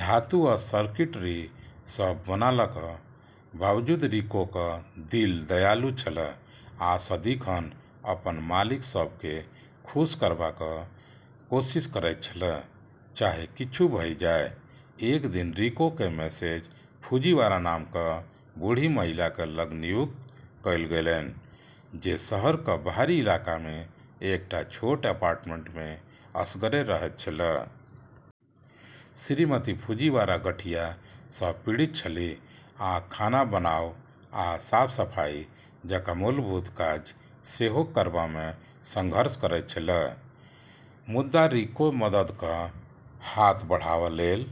धातु आ सर्किटरी सँ बनलाक बावजूद रिकोक दिल दयालु छल आ सदिखन अपन मालिक सभ केँ खुश करबाक कोशिश करैत छल, चाहे किछु भऽ जाए। एक दिन रिको केँ मिसेज फुजीवारा नाम क बूढ़ी महिलाक लग नियुक्त कएल गेलैन, जे शहरक बाहरी इलाका मे एकटा छोट अपार्टमेंट मे असगरे रहैत छलीह। श्रीमती फुजीवारा गठिया सँ पीड़ित छलीह आ खाना बनाब आ साफ-सफाई जकाँ मूलभूत काज सेहो करबामे संघर्ष करैत छलीह। मुदा रिको मददक हात बढ़ाब लेल,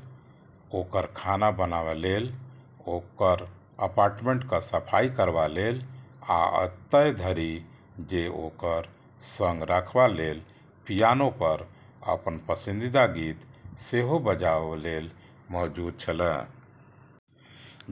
ओकर खाना बनाब लेल, ओकर अपार्टमेंटक सफाई करबा लेल, आ एतय धरि जे ओकर संग राखबा लेल पियानो पर अपन पसंदीदा गीत सेहो बजाब लेल मौजूद छल।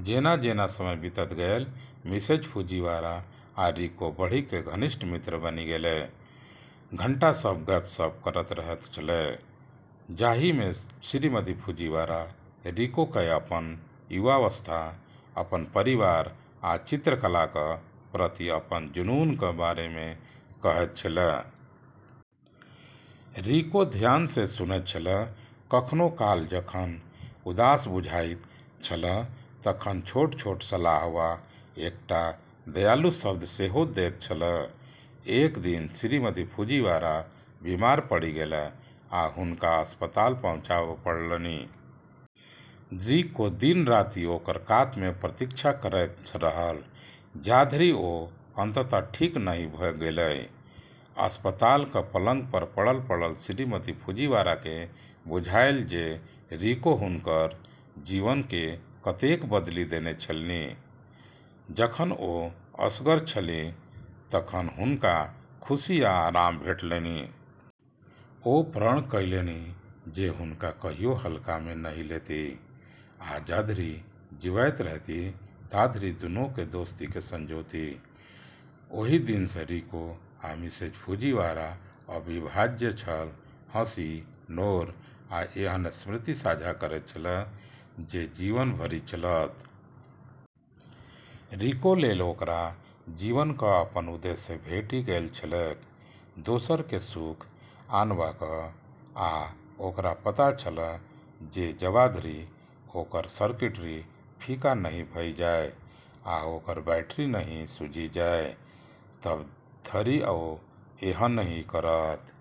जेना-जेना समय बीतैत गेल, मिसेज फुजीवारा आ रिको बढ़ि कऽ घनिष्ठ मित्र बनि गेलीह। घंटा सभ गप्प-सप्प करैत रहैत छलाह, जाहि मे श्रीमती फुजीवारा रिको केँ अपन युवावस्था, अपन परिवार आ चित्रकलाक प्रति अपन जुनूनक बारे मे कहैत छलीह। रिको ध्यान सँ सुनैत छल, कखनो काल जखन उदास बुझाइत छल तखन छोट-छोट सलाह वा एकटा दयालु शब्द सेहो दैत छल। एक दिन श्रीमती फुजीवारा बीमार पड़ि गेलीह आ हुनका अस्पताल पहुँचाब पड़लनि। रिको दिन-राति ओकर कात मे प्रतीक्षा करैत रहल, जाधरि ओ अंततः ठीक नहि भऽ गेलीह। अस्पतालक पलंग पर पड़ल-पड़ल श्रीमती फुजीवारा केँ बुझायल जे रिको हुनकर जीवन केँ कतेक बदलि देने छलनि, जखन ओ असगर छलीह तखन हुनका खुशी आ आराम भेटलनि। ओ प्रण कएलनि जे हुनका कहियो हल्का मे नहि लेतीह आ जाधरि जीबैत रहतीह ताधरि दुनूक दोस्ती केँ संजोतीह। ओहि दिन सँ रिको आ मिसेज फुजीवारा अविभाज्य छल, हँसी, नोर, आ एहन स्मृति साझा करैत छल जे जीवन भरि चलत। रिको लेल ओकरा जीवनक अपन उद्देश्य भेटि गेल छलैक, दोसर केँ सुख आनबाक, आ ओकरा पता छल जे जबाधरि ओकर सर्किटरी फीका नहि भऽ जाए आ ओकर बैटरी नहि सूझि जाए, तब धरि ओ एहनही करत।